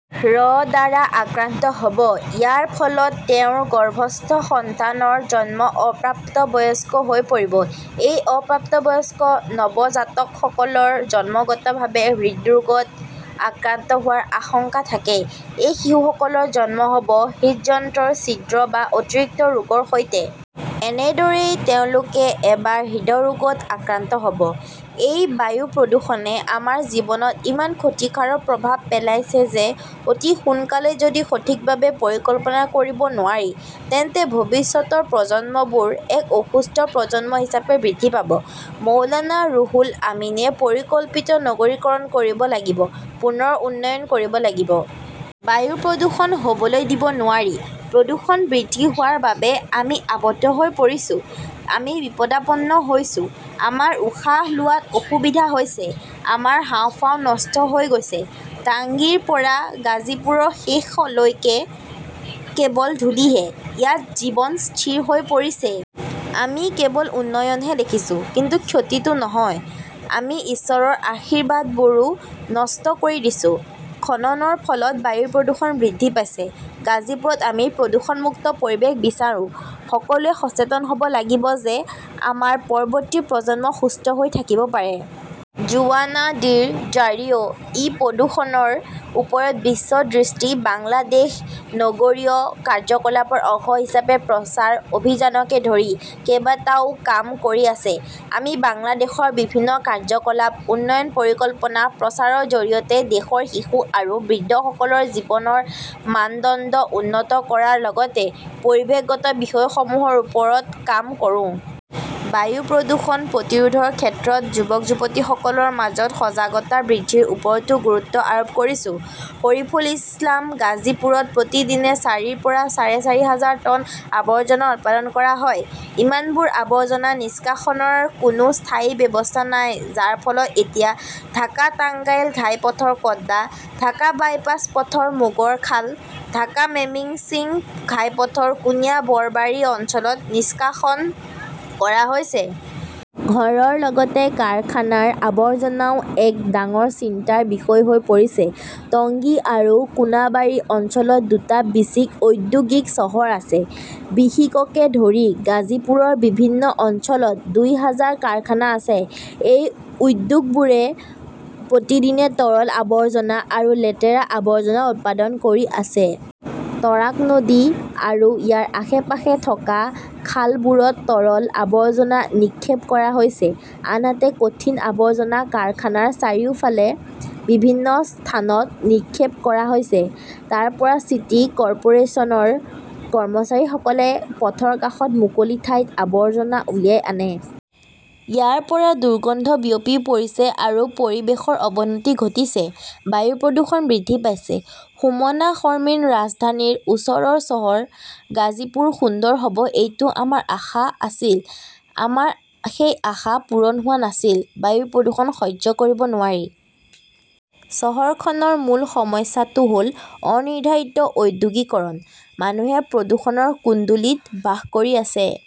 ৰ দ্বাৰা আক্ৰান্ত হ 'ব। ইয়াৰ ফলত তেওঁৰ গৰ্ভস্থ সন্তানৰ জন্ম অপ্ৰাপ্তবয়স্ক হৈ পৰিব। এই অপ্ৰাপ্তবয়স্ক নৱজাতকসকলৰ জন্মগতভাৱে হৃদৰোগত আক্ৰান্ত হোৱাৰ আশংকা থাকে। এই শিশুসকলৰ জন্ম হ’ব হৃদযন্ত্ৰৰ ছিদ্ৰ বা অতিৰিক্ত ৰোগৰ সৈতে। এনেদৰেই তেওঁলোকে এবাৰ হৃদৰোগত আক্ৰান্ত হ’ব। এই বায়ু প্ৰদূষণে আমাৰ জীৱনত ইমান ক্ষতিকাৰক প্ৰভাৱ পেলাইছে যে অতি সোনকালে যদি সঠিকভাৱে পৰিকল্পনা কৰিব নোৱাৰি, তেন্তে ভৱিষ্যতৰ প্ৰজন্মবোৰ এক অসুস্থ প্ৰজন্ম হিচাপে বৃদ্ধি পাব। মৌলানা ৰুহুল আমিনে পৰিকল্পিত নগৰীকৰণ কৰিব লাগিব, পুনৰ উন্নয়ন কৰিব লাগিব। বায়ু প্ৰদূষণ হ’বলৈ দিব নোৱাৰি। প্ৰদূষণ বৃদ্ধি হোৱাৰ বাবে আমি আবদ্ধ হৈ পৰিছো। আমি বিপদাপন্ন হৈছো। আমাৰ উশাহ লোৱাত অসুবিধা হৈছে। আমাৰ হাঁওফাঁও নষ্ট হৈ গৈছে। টাংগীৰ পৰা গাজিপুৰৰ শেষলৈকে কেৱল ধূলিহে। ইয়াত জীৱন স্থিৰ হৈ পৰিছে। আমি কেৱল উন্নয়নহে দেখিছোঁ, কিন্তু ক্ষতিটো নহয়। আমি ঈশ্বৰৰ আশীৰ্বাদবোৰো নষ্ট কৰি দিছো। খননৰ ফলত বায়ু প্ৰদূষণ বৃদ্ধি পাইছে। গাজিপুৰত আমি প্ৰদূষণমুক্ত পৰিৱেশ বিচাৰো। সকলোৱে সচেতন হ 'ব লাগিব যে আমাৰ পৰৱৰ্তী প্ৰজন্ম সুস্থ হৈ থাকিব পাৰে। জোৱানা ডি ৰ জাৰিঅ' ই বায়ু প্ৰদূষণৰ ওপৰত বিশ্ব দৃষ্টি বাংলাদেশ নগৰীয় কাৰ্যকলাপৰ অংশ হিচাপে প্ৰচাৰ অভিযানকে ধৰি কেইবাটাও কাম কৰি আছে। আমি বাংলাদেশৰ বিভিন্ন কাৰ্যকলাপ, উন্নয়ন পৰিকল্পনা, প্ৰচাৰৰ জৰিয়তে দেশৰ শিশু আৰু বৃদ্ধসকলৰ জীৱনৰ মানদণ্ড উন্নত কৰাৰ লগতে পৰিৱেশগত বিষয়সমূহৰ ওপৰত কাম কৰো। বায়ু প্ৰদূষণ প্ৰতিৰোধৰ ক্ষেত্ৰত যুৱক-যুৱতীসকলৰ মাজত সজাগতা বৃদ্ধিৰ ওপৰতো গুৰুত্ব আৰোপ কৰিছো। শৰীফুল ইছলাম গাজীপুৰত প্ৰতিদিনে চাৰিৰ পৰা চাৰে চাৰি হাজাৰ টন আৱৰ্জনা উৎপাদন কৰা হয়। ইমানবোৰ আৱৰ্জনা নিষ্কাশনৰ কোনো স্থায়ী ব্যৱস্থা নাই, যাৰ ফলত এতিয়া ঢাকা-টাঙ্গাইল ঘাইপথৰ কড্ডা, ঢাকা-বাইপাছ পথৰ মোগৰখাল, ঢাকা-মেমিন্সিং ঘাইপথৰ কুনিয়া বৰবাৰী অঞ্চলত নিষ্কাশন কৰা হৈছে। ঘৰৰ লগতে কাৰখানাৰ আৱৰ্জনাও এক ডাঙৰ চিন্তাৰ বিষয় হৈ পৰিছে। টংগী আৰু কোনাবাৰী অঞ্চলত দুটা বিচিক ঔদ্যোগিক চহৰ আছে। বিসিককে ধৰি গাজীপুৰৰ বিভিন্ন অঞ্চলত দুই হাজাৰ কাৰখানা আছে। এই উদ্যোগবোৰে প্ৰতিদিনে তৰল আৱৰ্জনা আৰু লেতেৰা আৱৰ্জনা উৎপাদন কৰি আছে। তৰাগ নদী আৰু ইয়াৰ আশে-পাশে থকা খালবোৰত তৰল আৱৰ্জনা নিক্ষেপ কৰা হৈছে, আনহাতে কঠিন আৱৰ্জনা কাৰখানাৰ চাৰিওফালে বিভিন্ন স্থানত নিক্ষেপ কৰা হৈছে। তাৰ পৰা চিটি কৰ্পোৰেচনৰ কৰ্মচাৰীসকলে পথৰ কাষত মুকলি ঠাইত আৱৰ্জনা উলিয়াই আনে। ইয়াৰ পৰা দুৰ্গন্ধ বিয়পি পৰিছে আৰু পৰিৱেশৰ অৱনতি ঘটিছে। বায়ু প্ৰদূষণ বৃদ্ধি পাইছে। সুমনা শৰ্মিন ৰাজধানীৰ ওচৰৰ চহৰ গাজীপুৰ সুন্দৰ হ 'ব এইটো আমাৰ আশা আছিল। আমাৰ সেই আশা পূৰণ হোৱা নাছিল। বায়ু প্ৰদূষণ সহ্য কৰিব নোৱাৰি। চহৰখনৰ মূল সমস্যাটো হ’ল অনিৰ্ধাৰিত ঔদ্যোগিকৰণ। মানুহে প্ৰদূষণৰ কুণ্ডলীত বাস কৰি আছে।